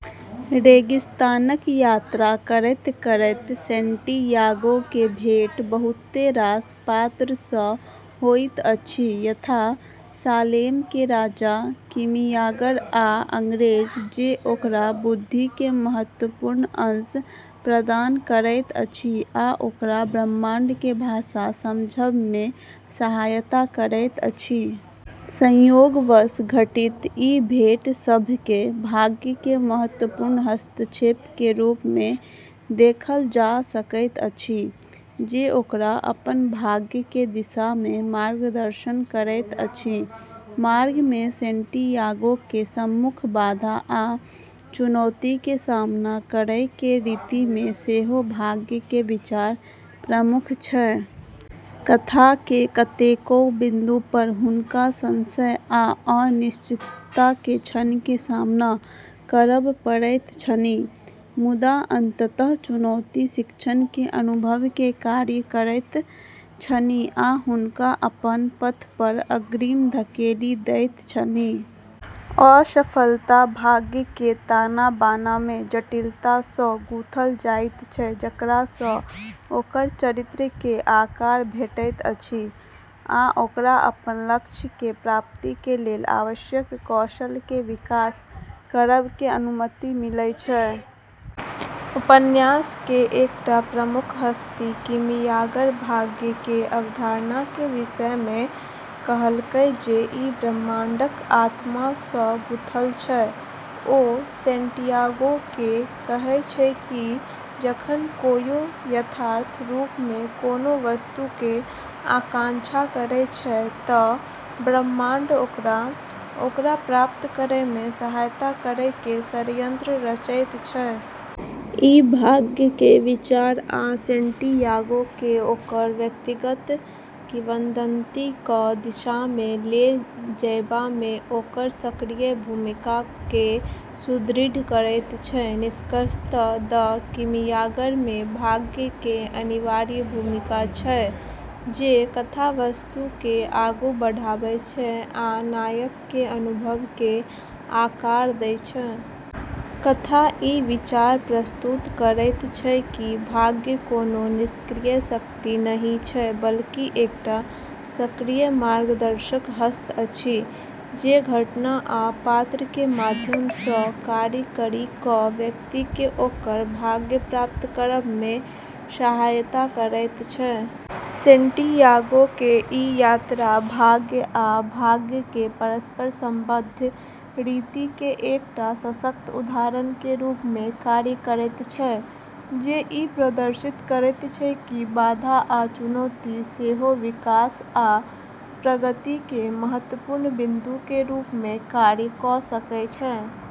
रेगिस्तानक यात्रा करैत-करैत सैंटियागो के भेंट बहुते रास पात्र सँ होइत अछि, यथा सालेम के राजा, कीमियागर, आ अंग्रेज, जे ओकरा बुद्धि के महत्त्वपूर्ण अंश प्रदान करैत अछि आ ओकरा ब्रह्मांड के भाषा समझब में सहायता करैत अछि। संयोगवश घटित ई भेंट सभ केँ भाग्य के महत्त्वपूर्ण हस्तक्षेप के रूप में देखल जा सकैत अछि, जे ओकरा अपन भाग्य के दिशा में मार्गदर्शन करैत अछि। मार्ग में सैंटियागो के सम्मुख बाधा आ चुनौती के सामना करै के रीति में सेहो भाग्य के विचार प्रमुख छै। कथा के कतेकौ बिंदु पर हुनका संशय आ अनिश्चितता के क्षण के सामना करब पड़ैत छनि, मुदा अंततः चुनौती शिक्षण के अनुभव के कार्य करैत छनि आ हुनका अपन पथ पर अग्रिम धकेलि दैत छनि। असफलता भाग्य के ताना-बाना में जटिलता सँ गूँथल जाइत छै, जकरा सँ ओकर चरित्र के आकार भेटैत अछि आ ओकरा अपन लक्ष्य के प्राप्ति के लेल आवश्यक कौशल के विकास करब के अनुमति मिलै छै। उपन्यास के एकटा प्रमुख हस्ती कीमियागर भाग्य के अवधारणा के विषय मे कहलकै जे ई ब्रह्मांडक आत्मासँ गुंथल छै। ओ सैंटियागोकेँ कहै छै कि जखन कोयो यथार्थ रूप में कोनो वस्तु के आकांक्षा करै छै तँ ब्रह्मांड ओकरा ओकरा प्राप्त करयमे सहायता करयके षड्यंत्र रचैत छै। ई भाग्य के विचार आ सैंटियागो के ओकर व्यक्तिगत किंवदंतीक दिशामे ले जयबामे ओकर सक्रिय भूमिकाकेँ सुदृढ़ करैत छै। निष्कर्षतः "द कीमियागर" में भाग्य के अनिवार्य भूमिका छै, जे कथा वस्तु के आगू बढ़ाबै छै आ नायक के अनुभव के आकार दै छै। कथा ई विचार प्रस्तुत करैत छै कि भाग्य कोनो निष्क्रिय शक्ति नहि छै, बल्कि एकटा सक्रिय मार्गदर्शक हस्त अछि, जे घटना आ पात्र के माध्यम सँ कार्य करि कऽ व्यक्ति के ओकर भाग्य प्राप्त करब में सहायता करैत छै। सैंटियागो के ई यात्रा भाग्य आ भाग्य के परस्पर संबद्ध रीति के एकटा सशक्त उदाहरण के रूप में कार्य करैत छै, जे ई प्रदर्शित करैत छै कि बाधा आ चुनौती सेहो विकास आ प्रगति के महत्त्वपूर्ण बिंदु के रूप मे कार्य कऽ सकै छै।